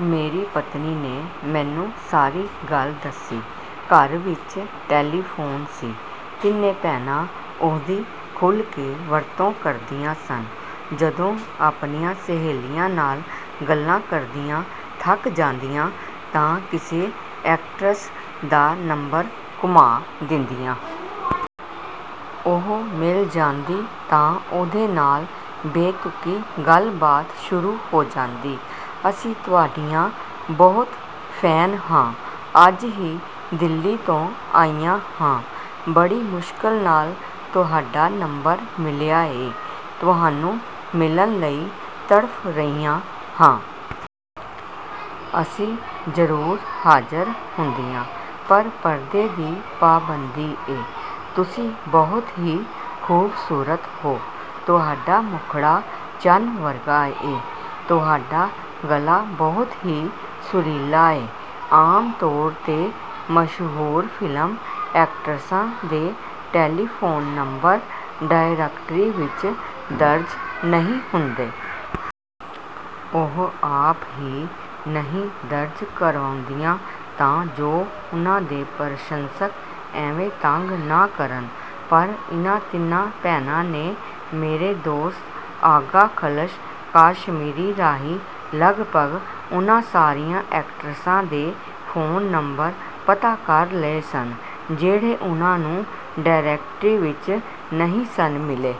ਮੇਰੀ ਪਤਨੀ ਨੇ ਮੈਨੂੰ ਸਾਰੀ ਗੱਲ ਦੱਸੀ। ਘਰ ਵਿੱਚ ਟੈਲੀਫੋਨ ਸੀ। ਤਿੰਨੇ ਭੈਣਾਂ ਉਹਦੀ ਖੁੱਲ੍ਹ ਕੇ ਵਰਤੋਂ ਕਰਦੀਆਂ ਸਨ। ਜਦੋਂ ਆਪਣੀਆਂ ਸਹੇਲੀਆਂ ਨਾਲ ਗੱਲਾਂ ਕਰਦੀਆਂ ਥੱਕ ਜਾਂਦੀਆਂ ਤਾਂ ਕਿਸੇ ਐਕਟਰਸ ਦਾ ਨੰਬਰ ਘੁਮਾ ਦਿੰਦੀਆਂ। ਉਹ ਮਿਲ ਜਾਂਦੀ ਤਾਂ ਉਹਦੇ ਨਾਲ ਬੇਤੁਕੀ ਗੱਲਬਾਤ ਸ਼ੁਰੂ ਹੋ ਜਾਂਦੀ। ਅਸੀਂ ਤੁਹਾਡੀਆਂ ਬਹੁਤ ਫੈਨ ਹਾਂ। ਅੱਜ ਹੀ ਦਿੱਲੀ ਤੋਂ ਆਈਆਂ ਹਾਂ। ਬੜੀ ਮੁਸ਼ਕਲ ਨਾਲ ਤੁਹਾਡਾ ਨੰਬਰ ਮਿਲਿਆ ਏ। ਤੁਹਾਨੂੰ ਮਿਲਣ ਲਈ ਤੜਫ਼ ਰਹੀਆਂ ਹਾਂ। ਅਸੀਂ ਜ਼ਰੂਰ ਹਾਜ਼ਰ ਹੁੰਦੀਆਂ, ਪਰ ਪਰਦੇ ਦੀ ਪਾਬੰਦੀ ਏ। ਤੁਸੀਂ ਬਹੁਤ ਹੀ ਖੂਬਸੂਰਤ ਹੋ। ਤੁਹਾਡਾ ਮੁਖੜਾ ਚੰਨ ਵਰਗਾ ਏ। ਤੁਹਾਡਾ ਗਲਾ ਬਹੁਤ ਹੀ ਸੁਰੀਲਾ ਏ। ਆਮ ਤੌਰ 'ਤੇ ਮਸ਼ਹੂਰ ਫ਼ਿਲਮ ਐਕਟਰਸਾਂ ਦੇ ਟੈਲੀਫੋਨ ਨੰਬਰ ਡਾਇਰੈਕਟਰੀ ਵਿੱਚ ਦਰਜ ਨਹੀਂ ਹੁੰਦੇ। ਉਹ ਆਪ ਹੀ ਨਹੀਂ ਦਰਜ ਕਰਵਾਉਂਦੀਆਂ ਤਾਂ ਜੋ ਉਨ੍ਹਾਂ ਦੇ ਪ੍ਰਸ਼ੰਸਕ ਐਵੇਂ ਤੰਗ ਨਾ ਕਰਨ। ਪਰ ਇਨ੍ਹਾਂ ਤਿੰਨਾਂ ਭੈਣਾਂ ਨੇ ਮੇਰੇ ਦੋਸਤ ਆਗਾ ਖ਼ਲਸ਼ ਕਾਸ਼ਮੀਰੀ ਰਾਹੀਂ ਲਗਭਗ ਉਨ੍ਹਾਂ ਸਾਰੀਆਂ ਐਕਟਰਸਾਂ ਦੇ ਫੋਨ ਨੰਬਰ ਪਤਾ ਕਰ ਲਏ ਸਨ, ਜਿਹੜੇ ਉਨ੍ਹਾਂ ਨੂੰ ਡਾਇਰੈਕਟਰੀ ਵਿੱਚ ਨਹੀਂ ਸਨ ਮਿਲੇ।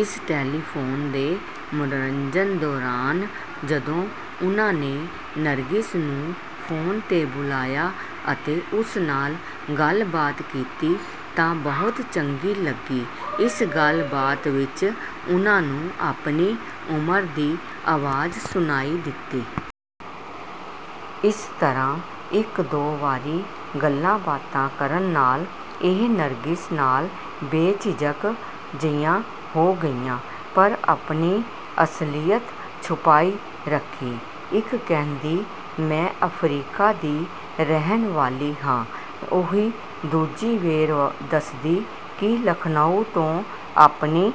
ਇਸ ਟੈਲੀਫੋਨ ਦੇ ਮਨੋਰੰਜਨ ਦੌਰਾਨ ਜਦੋਂ ਉਨ੍ਹਾਂ ਨੇ ਨਰਗਿਸ ਨੂੰ ਫੋਨ 'ਤੇ ਬੁਲਾਇਆ ਅਤੇ ਉਸ ਨਾਲ ਗੱਲਬਾਤ ਕੀਤੀ ਤਾਂ ਬਹੁਤ ਚੰਗੀ ਲੱਗੀ। ਇਸ ਗੱਲਬਾਤ ਵਿੱਚ ਉਨ੍ਹਾਂ ਨੂੰ ਆਪਣੀ ਉਮਰ ਦੀ ਆਵਾਜ਼ ਸੁਣਾਈ ਦਿੱਤੀ। ਇਸ ਤਰ੍ਹਾਂ ਇੱਕ ਦੋ ਵਾਰੀ ਗੱਲਾਂਬਾਤਾਂ ਕਰਨ ਨਾਲ ਇਹ ਨਰਗਿਸ ਨਾਲ ਬੇਝਿਜਕ ਜਿਹੀਆਂ ਹੋ ਗਈਆਂ, ਪਰ ਆਪਣੀ ਅਸਲੀਅਤ ਛੁਪਾਈ ਰੱਖੀ। ਇੱਕ ਕਹਿੰਦੀ ਮੈਂ ਅਫ਼ਰੀਕਾ ਦੀ ਰਹਿਣ ਵਾਲੀ ਹਾਂ। ਉਹੀ ਦੂਜੀ ਵੇਰ ਦੱਸਦੀ ਕਿ ਲਖਨਊ ਤੋਂ ਆਪਣੀ